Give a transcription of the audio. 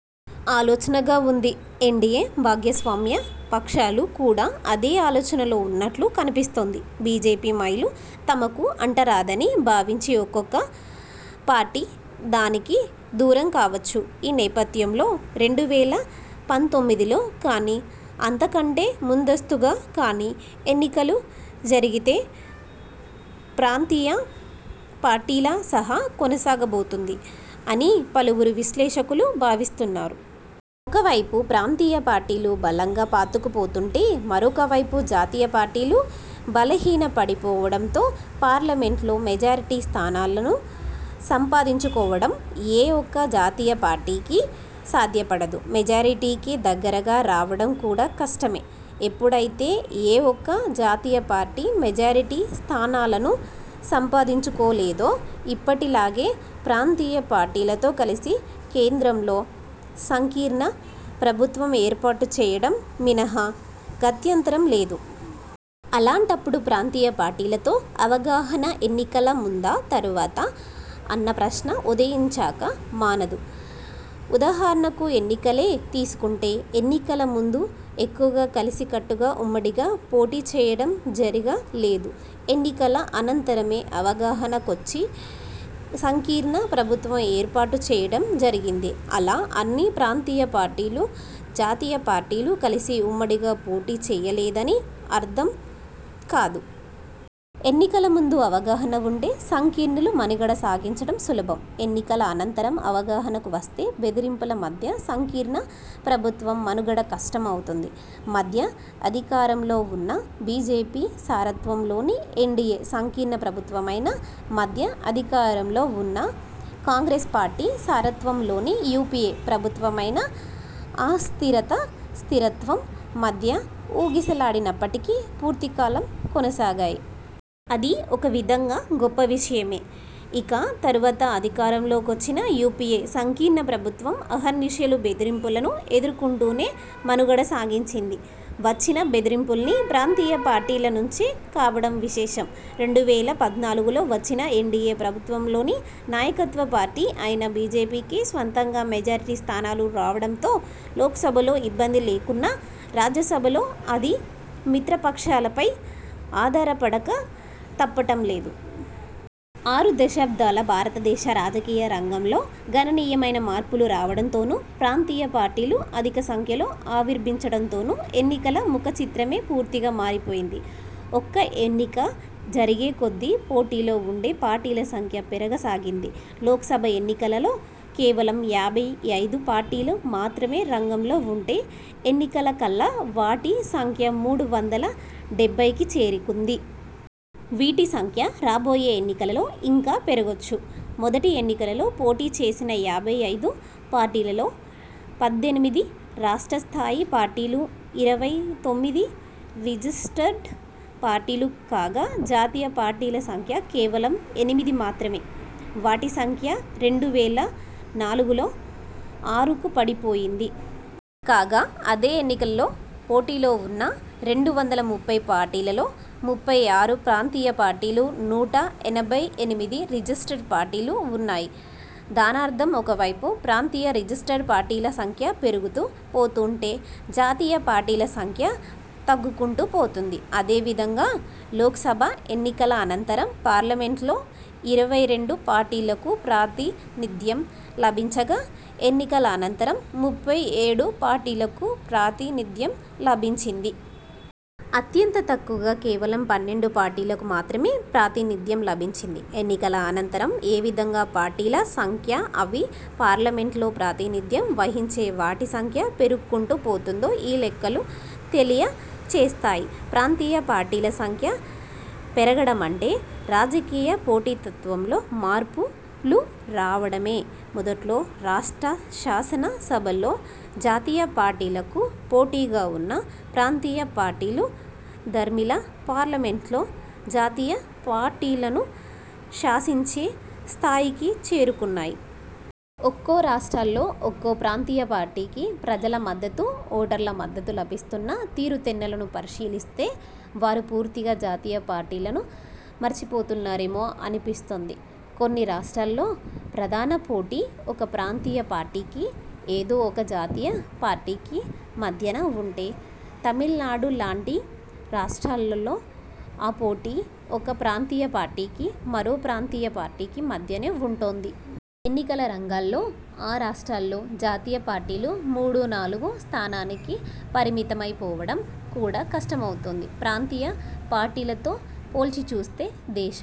ఆలోచనగా వుంది. ఎన్డీయే భాగ్యస్వామ్య పక్షాలు కూడా అదే ఆలోచనలో వున్నట్లు కనిపిస్తోంది. బీజేపీ మైలు తమకు అంటరాదని భావించి ఒక్కొక్క పార్టీ దానికి దూరం కావచ్చు. ఈ నేపథ్యంలో రెండు వేల పంతొమ్మిదిలో కాని, అంతకంటే ముందస్తుగా కాని ఎన్నికలు జరిగితే, ప్రాంతీయ పార్టీల సవా కొనసాగబోతోంది అని పలువురు విశ్లేషకులు భావిస్తున్నారు. ఒకవైపు ప్రాంతీయ పార్టీలు బలంగా పాతుకు పోతుంటే, మరొకవైపు, జాతీయ పార్టీలు బలహీన పడిపోవడంతో, పార్లమెంటులో మెజారిటీ స్థానాలను సంపాదించుకోవడం ఏ ఒక్క జాతీయ పార్టీకి సాధ్యపడదు. మెజారిటీకి దగ్గరగా రావడం కూడా కష్టమే. ఎప్పుడైతే, ఏ ఒక్క జాతీయ పార్టీ మెజారిటీ స్థానాలను సంపాదించుకోలేదో, ఇప్పటి లాగే, ప్రాంతీయ పార్టీలతో కలిసి కేంద్రంలో సంకీర్ణ ప్రభుత్వం ఏర్పాటు చేయడం మినహా గత్యంతరం లేదు. అలాంటప్పుడు ప్రాంతీయ పార్టీలతో అవగాహన ఎన్నికల ముందా? తరువాతా? అన్న ప్రశ్న ఉదయించాక మానదు. ఉదాహరణకు ఎన్నికలే తీసుకుంటే, ఎన్నికల ముందు ఎక్కువగా కలిసి కట్టుగా-ఉమ్మడిగా పోటీ చేయడం జరగలేదు. ఎన్నికల అనంతరమే అవగాహన కొచ్చి సంకీర్ణ ప్రభుత్వం ఏర్పాటు చేయడం జరిగింది. అలా అని ప్రాంతీయ పార్టీలు, జాతీయ పార్టీలు కలిసి ఉమ్మడిగా పోటీ చేయలేదని అర్థం కాదు. ఎన్నికల ముందు అవగాహన వుంటే సంకీర్ణాలు మనుగడ సాగించడం సులభం. ఎన్నికల అనంతరం అవగాహనకు వస్తే, బెదిరింపుల మధ్య, సంకీర్ణ ప్రభుత్వం మనుగడ కష్టం అవుతుంది. మధ్య అధికారంలో వున్న బీజేపీ సారత్వంలోని ఎన్డీయే సంకీర్ణ ప్రభుత్వమైనా, మధ్య అధికారంలో వున్న కాంగ్రెస్ పార్టీ సారత్వంలోని యూపీఏ ప్రభుత్వమైనా, అస్థిరత స్థిరత్వం మధ్య ఊగిసలాడినప్పటికీ, పూర్తికాలం కొనసాగాయి. అది ఒక విధంగా గొప్ప విషయమే. ఇక తరువాత అధికారంలో కొచ్చిన యూపీఏ సంకీర్ణ ప్రభుత్వం అహర్నిశలూ బెదిరింపులను ఎదుర్కుంటూనే మనుగడ సాగించింది. వచ్చిన బెదిరింపులన్నీ ప్రాంతీయ పార్టీల నుంచే కావడం విశేషం. రెండు వేల పద్నాలుగులో వచ్చిన ఎన్డీయే ప్రభుత్వంలోని నాయకత్వపార్టీ అయిన బీజేపీకి స్వంతంగా మెజారిటీస్థానాలు రావడంతో లోక్సభలో ఇబ్బంది లేకున్నా రాజ్యసభలో అది మిత్రపక్షాలపై ఆధారపడక తప్పటం లేదు. ఆరు దశాబ్దాల భారతదేశ రాజకీయ రంగంలో గణనీయమైన మార్పులు రావడంతోను, ప్రాంతీయ పార్టీలు అధికసంఖ్యలో ఆవిర్భవించడంతోను, ఎన్నికల ముఖచిత్రమే పూర్తిగా మారిపోయింది. ఒక్కో ఎన్నిక జరిగే కొద్దీ, పోటీలో వుండే పార్టీల సంఖ్య పెరగ సాగింది. లోక్సభ ఎన్నికలలో కేవలం యాభై ఐదు పార్టీలు మాత్రమే రంగంలో వుంటే, ఎన్నికల కల్లా వాటి సంఖ్య మూడు వందల డెబ్బైకి చేరుకుంది. వీటి సంఖ్య రాబోయే ఎన్నికలలో ఇంకా పెరగొచ్చు. మొదటి ఎన్నికలలో పోటీ చేసిన యాభై ఐదు పార్టీలలో, పద్దెనిమిది రాష్ట్రస్థాయి పార్టీలు, ఇరవై తొమ్మిది రిజిస్టర్డ్ పార్టీలు కాగా జాతీయ పార్టీల సంఖ్య కేవలం ఎనిమిది మాత్రమే! వాటి సంఖ్య రెండు వేల నాలుగులో ఆరుకు పడిపోయింది. కాగా అదే ఎన్నికలలో పోటీలో వున్న రెండు వందల ముప్పై పార్టీలలో, ముప్పై ఆరు ప్రాంతీయ పార్టీలు, నూట ఎనభై ఎనిమిది రిజిస్టర్డ్ పార్టీలు వున్నాయి. దానర్థం ఒకవైపు ప్రాంతీయ– రిజిస్టర్డ్ పార్టీల సంఖ్య పెరుగుతూ పోతుంటే, జాతీయ పార్టీల సంఖ్య తగ్గుకుంటూ పోతోంది. అదేవిధంగా లోక్సభ ఎన్నికల అనంతరం పార్లమెంటులో ఇరవై రెండు పార్టీలకు ప్రాతినిధ్యం లభించగా, ఎన్నికల అనంతరం ముప్పై ఏడు పార్టీలకు ప్రాతినిధ్యం లభించింది. అత్యంత తక్కువగా కేవలం పన్నెండు పార్టీలకు మాత్రమే ప్రాతినిధ్యం లభించింది ఎన్నికల అనంతరం. ఏ విధంగా పార్టీల సంఖ్య, అవి పార్లమెంటులో ప్రాతినిధ్యం వహించే వాటి సంఖ్య పెరుగుకుంటూ పోతుందో ఈ లెక్కలు తెలియచేస్తాయి. ప్రాంతీయపార్టీల సంఖ్య పెరగడమంటే, రాజకీయ పోటీతత్వంలో మార్పులు రావడమే. మొదట్లో, రాష్ట్ర శాసనసభల్లో జాతీయపార్టీలకు పోటీగా వున్న ప్రాంతీయ పార్టీలు దరిమిలా పార్లమెంట్లో జాతీయపార్టీలను శాసించే స్థాయికి చేరుకున్నాయి. ఒక్కోరాష్ట్రల్లో, ఒక్కో ప్రాంతీయపార్టీకి ప్రజల మద్దతు ఓటర్ల మద్దతు లభిస్తున్న తీరుతెన్నులను పరిశీలిస్తే, వారు పూర్తిగా జాతీయ పార్టీలను మరిచిపోతున్నారేమో అనిపిస్తోంది. కొన్నిరాష్ట్రాలలో ప్రధాన పోటీ ఒక ప్రాంతీయ పార్టీకి, ఏదో ఒక జాతీయ పార్టీకి మధ్యన వుంటే, తమిళనాడు లాంటి రాష్ట్రాలలో ఆ పోటీ ఒక ప్రాంతీయ పార్టీకి, మరో ప్రాంతీయ పార్టీకి మధ్యనే వుంటోంది. ఎన్నికల రంగాల్లో ఆ రాష్ట్రాల్లో జాతీయ పార్టీలు మూడు నాలుగు స్థానానికి పరిమితమై పోవడం కూడా కష్టమవుతోంది. ప్రాంతీయ పార్టీలతో పోల్చిచూస్తే, దేశం